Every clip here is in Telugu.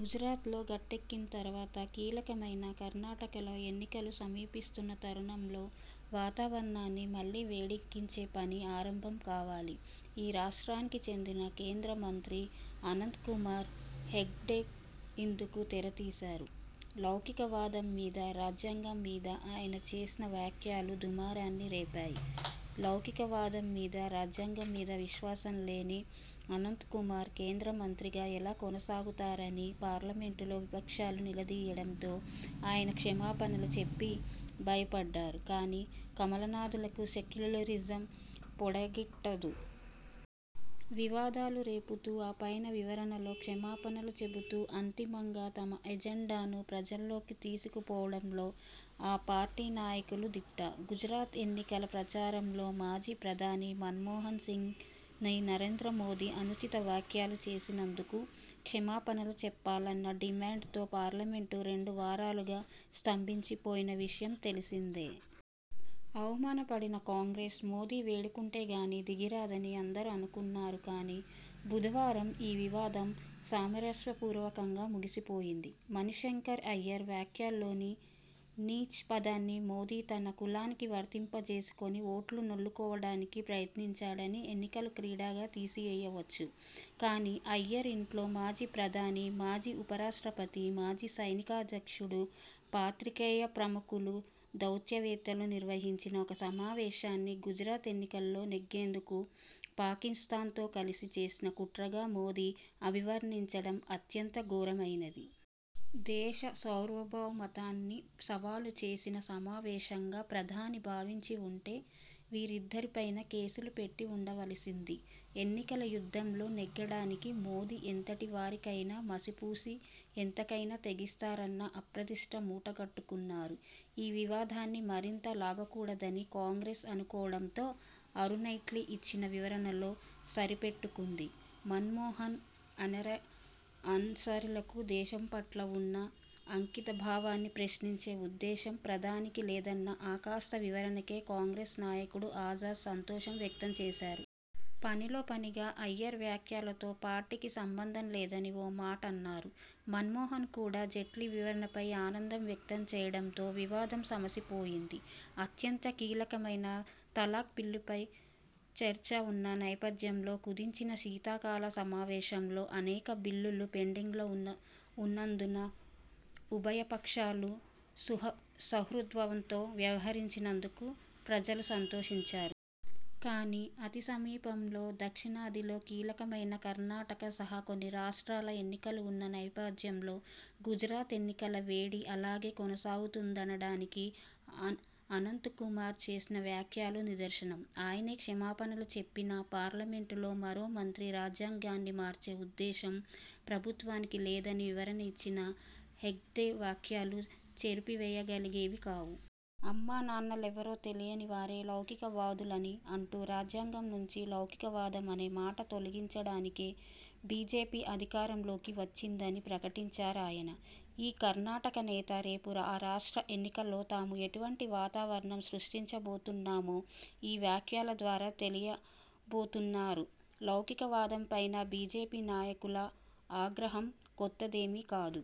గుజరాత్లో గట్టెక్కిన తరువాత, కీలకమైన కర్ణాటకలో ఎన్నికలు సమీపిస్తున్న తరుణంలో వాతావరణాన్ని మళ్ళీ వేడెక్కించే పని ఆరంభం కావాలి. ఈ రాష్ట్రానికి చెందిన కేంద్రమంత్రి అనంత్కుమార్ హెగ్డే ఇందుకు తెరతీశారు. లౌకికవాదం మీద, రాజ్యాంగంమీద ఆయన చేసిన వ్యాఖ్యలు దుమారాన్ని రేపాయి. లౌకికవాదంమీదా, రాజ్యాంగం మీదా విశ్వాసం లేని అనంత్కుమార్ కేంద్రమంత్రిగా ఎలా కొనసాగుతారని పార్లమెంటులో విపక్షాలు నిలదీయడంతో ఆయన క్షమాపణలు చెప్పి బయపడ్డారు కానీ, కమలనాథులకు సెక్యులరిజం పొడగిట్టదు. వివాదాలు రేపుతూ, ఆ పైన వివరణలో, క్షమాపణలో చెబుతూ అంతిమంగా తమ ఎజెండాను ప్రజల్లోకి తీసుకుపోవడంలో ఆ పార్టీ నాయకులు దిట్ట. గుజరాత్ ఎన్నికల ప్రచారంలో మాజీ ప్రధాని మన్మోహన్సింగ్పై నరేంద్రమోదీ అనుచిత వ్యాఖ్యలు చేసినందుకు క్షమాపణలు చెప్పాలన్న డిమాండ్తో పార్లమెంటు రెండు వారాలుగా స్తంభించిపోయిన విషయం తెలిసిందే. అవమానపడిన కాంగ్రెస్, మోదీ వేడుకుంటే కానీ దిగిరాదని అందరూ అనుకున్నారు కానీ, బుధవారం ఈ వివాదం సామరస్యపూర్వకంగా ముగిసిపోయింది. మణిశంకర్ అయ్యర్ వ్యాఖ్యలోని 'నీచ్' పదాన్ని మోదీ తన కులానికి వర్తింపచేసుకొని ఓట్లు నొల్లుకోవడానికి ప్రయత్నించడాన్ని ఎన్నికల క్రీడగా తీసివేయవచ్చు. కానీ, అయ్యర్ ఇంట్లో మాజీ ప్రధాని, మాజీ ఉపరాష్ట్రపతి, మాజీ సైనికాధ్యక్షుడు, పాత్రికేయ ప్రముఖులు, దౌత్యవేత్తలు నిర్వహించిన ఒక సమావేశాన్ని గుజరాత్ ఎన్నికల్లో నెగ్గేందుకు పాకిస్థాన్తో కలిసి చేసిన కుట్రగా మోదీ అభివర్ణించడం అత్యంత ఘోరమైనది. దేశ సార్వభౌమత్వాన్ని సవాలు చేసిన సమావేశంగా ప్రధాని భావించివుంటే వీరందరిపైనా కేసులు పెట్టివుండవలసింది. ఎన్నికల యుద్ధంలో నెగ్గడానికి మోదీ ఎంతటివారికైనా మసిపూసి, ఎంతకైనా తెగిస్తారన్న అప్రదిష్ట మూటగట్టుకున్నారు. ఈ వివాదాన్ని మరింత లాగకూడదని కాంగ్రెస్ అనుకోవడంతో అరుణ్జైట్లీ ఇచ్చిన వివరణతో సరిపెట్టుకుంది. మన్మోహన్, అన్సారీలకు దేశంపట్ల ఉన్న అంకితభావాన్ని ప్రశ్నించే ఉద్దేశం ప్రధానికి లేదన్న ఆ కాస్త వివరణకే కాంగ్రెస్ నాయకుడు ఆజాద్ సంతోషం వ్యక్తంచేశారు. పనిలోపనిగా అయ్యర్ వ్యాఖ్యలతో పార్టీకి సంబంధం లేదని ఓ మాటన్నారు. మన్మోహన్ కూడా జైట్లీ వివరణపై ఆనందం వ్యక్తం చేయడంతో వివాదం సమసిపోయింది. అత్యంత కీలకమైన తలాక్ బిల్లుపై చర్చ ఉన్న నేపథ్యంలో, కుదించిన శీతాకాల సమావేశాల్లో అనేక బిల్లులు పెండింగ్లో ఉన్నందున ఉభయపక్షాలూ సుహృద్భావంతో వ్యవహరించినందుకు ప్రజలూ సంతోషించారు. కానీ, అతిసమీపంలో దక్షిణాదిలో కీలకమైన కర్ణాటక సహా కొన్ని రాష్ట్రాల ఎన్నికలు ఉన్న నేపథ్యంలో గుజరాత్ ఎన్నికల వేడి అలాగే కొనసాగుతుందనడానికి అనంత్కుమార్ చేసిన వ్యాఖ్యలు నిదర్శనం. ఆయనే క్షమాపణలు చెప్పినా, పార్లమెంటులో మరో మంత్రి రాజ్యాంగాన్ని మార్చే ఉద్దేశం ప్రభుత్వానికి లేదని వివరణ ఇచ్చినా హెగ్డే వ్యాఖ్యలు చెరిపివేయగలిగేవి కావు. అమ్మానాన్నలెవరో తెలియనివారే లౌకికవాదులని అంటూ, రాజ్యాంగంనుంచి లౌకికవాదం అనే మాట తొలగించడానికే బీజేపీ అధికారంలోకి వచ్చిందని ప్రకటించారాయన. ఈ కర్ణాటక నేత రేపు ఆ రాష్ట్ర ఎన్నికల్లో తాము ఎటువంటి వాతావరణం సృష్టించబోతున్నామో ఈ వ్యాఖ్యల ద్వారా తెలియబుతున్నారు. లౌకికవాదంపైన బీజేపీ నాయకుల ఆగ్రహం కొత్తదేమీ కాదు.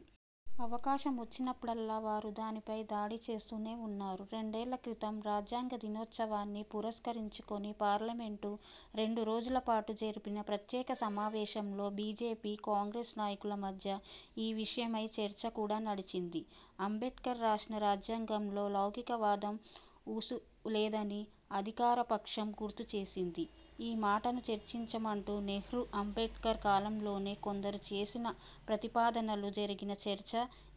అవకాశమొచ్చినప్పుడల్లా వారు దానిపై దాడిచేస్తూనే ఉన్నారు. రెండేళ్ళక్రితం రాజ్యాంగదినోత్సవాన్ని పురస్కరించుకొని పార్లమెంటు రెండురోజులపాటు జరిపిన ప్రత్యేక సమావేశంలో బీజేపీ, కాంగ్రెస్ నాయకుల మధ్య ఈ విషయమై చర్చ కూడా నడిచింది. అంబేడ్కర్ రాసిన రాజ్యాంగంలో లౌకికవాదం ఊసులేదని అధికారపక్షం గుర్తుచేసింది. ఈ మాటను చేర్చమంటూ నెహ్రూ–అంబేడ్కర్ కాలంలోనే కొందరు చేసిన ప్రతిపాదనలు, జరిగిన చర్చ,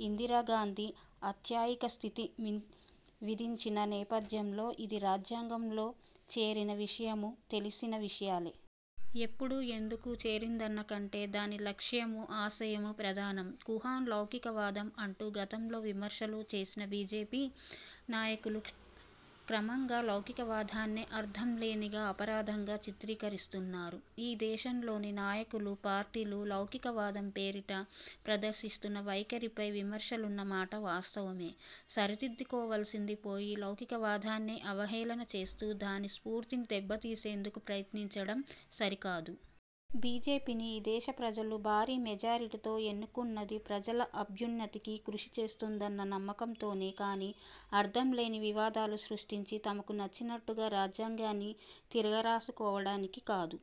ఇందిరాగాంధీ అత్యయిక స్థితి విధించిన నేపథ్యంలో ఇది రాజ్యాంగంలో చేరిన విషయమూ తెలిసిన విషయాలే. ఎప్పుడు, ఎందుకు చేరిందన్నకంటే, దాని లక్ష్యమూ, ఆశయమూ ప్రధానం. 'కుహనా లౌకకవాదం' అంటూ గతంలో విమర్శలు చేసిన బీజేపీ నాయకులు క్రమంగా లౌకికవాదాన్నే అర్థంలేనిదిగా, అపరాధంగా చిత్రీకరిస్తున్నారు. ఈ దేశంలోని నాయకులు, పార్టీలు లౌకికవాదం పేరిట ప్రదర్శిస్తున్న వైఖరిపై విమర్శలున్న మాట వాస్తవమే. సరిదిద్దుకోవాల్సింది పోయి, లౌకికవాదాన్నే అవహేళన చేస్తూ, దాని స్ఫూర్తిని దెబ్బతీసేందుకు ప్రయత్నించడం సరికాదు. బీజేపీని ఈ దేశ ప్రజలు భారీ మెజారిటీతో ఎన్నుకున్నది ప్రజల అభ్యున్నతికి కృషి చేస్తుందన్న నమ్మకంతోనే కానీ, అర్థంలేని వివాదాలు సృష్టించి, తమకు నచ్చినట్టుగా రాజ్యాంగాన్ని తిరగరాసుకోవడానికి కాదు.